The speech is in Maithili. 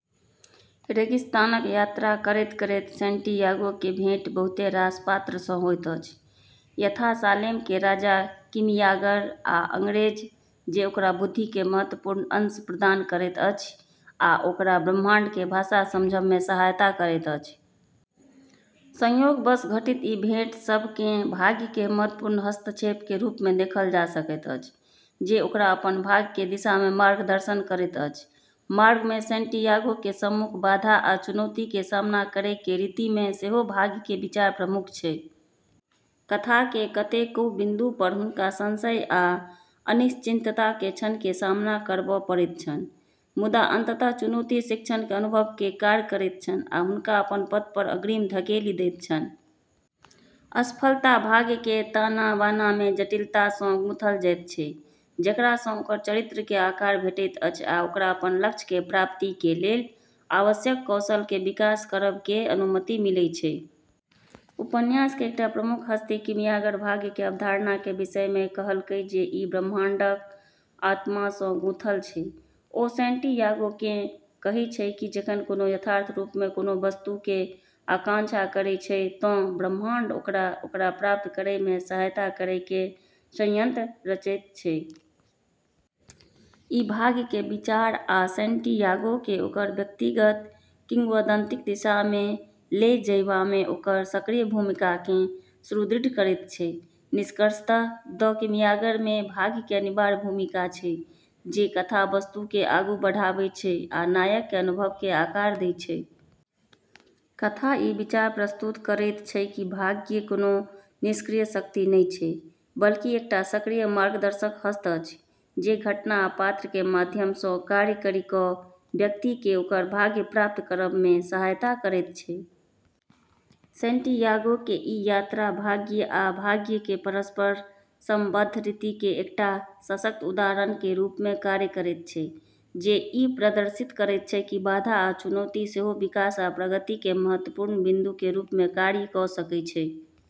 रेगिस्तानक यात्रा करैत-करैत सैंटियागो के भेंट बहुते रास पात्र सँ होइत अछि, यथा सालेम के राजा, कीमियागर, आ अंग्रेज, जे ओकरा बुद्धि के महत्त्वपूर्ण अंश प्रदान करैत अछि आ ओकरा ब्रह्मांड के भाषा समझब में सहायता करैत अछि। संयोगवश घटित ई भेंट सभ केँ भाग्य के महत्त्वपूर्ण हस्तक्षेप के रूप में देखल जा सकैत अछि, जे ओकरा अपन भाग्य के दिशा में मार्गदर्शन करैत अछि। मार्ग में सैंटियागो के सम्मुख बाधा आ चुनौती के सामना करै के रीति में सेहो भाग्य के विचार प्रमुख छै। कथा के कतेकौ बिंदु पर हुनका संशय आ अनिश्चितता के क्षण के सामना करब पड़ैत छनि, मुदा अंततः चुनौती शिक्षण के अनुभव के कार्य करैत छनि आ हुनका अपन पथ पर अग्रिम धकेलि दैत छनि। असफलता भाग्य के ताना-बाना में जटिलता सँ गूँथल जाइत छै, जकरा सँ ओकर चरित्र के आकार भेटैत अछि आ ओकरा अपन लक्ष्य के प्राप्ति के लेल आवश्यक कौशल के विकास करब के अनुमति मिलै छै। उपन्यास के एकटा प्रमुख हस्ती कीमियागर भाग्य के अवधारणा के विषय मे कहलकै जे ई ब्रह्मांडक आत्मासँ गुंथल छै। ओ सैंटियागोकेँ कहै छै कि जखन कोयो यथार्थ रूप में कोनो वस्तु के आकांक्षा करै छै तँ ब्रह्मांड ओकरा ओकरा प्राप्त करयमे सहायता करयके षड्यंत्र रचैत छै। ई भाग्य के विचार आ सैंटियागो के ओकर व्यक्तिगत किंवदंतीक दिशामे ले जयबामे ओकर सक्रिय भूमिकाकेँ सुदृढ़ करैत छै। निष्कर्षतः "द कीमियागर" में भाग्य के अनिवार्य भूमिका छै, जे कथा वस्तु के आगू बढ़ाबै छै आ नायक के अनुभव के आकार दै छै। कथा ई विचार प्रस्तुत करैत छै कि भाग्य कोनो निष्क्रिय शक्ति नहि छै, बल्कि एकटा सक्रिय मार्गदर्शक हस्त अछि, जे घटना आ पात्र के माध्यम सँ कार्य करि कऽ व्यक्ति के ओकर भाग्य प्राप्त करब में सहायता करैत छै। सैंटियागो के ई यात्रा भाग्य आ भाग्य के परस्पर संबद्ध रीति के एकटा सशक्त उदाहरण के रूप में कार्य करैत छै, जे ई प्रदर्शित करैत छै कि बाधा आ चुनौती सेहो विकास आ प्रगति के महत्त्वपूर्ण बिंदु के रूप मे कार्य कऽ सकै छै।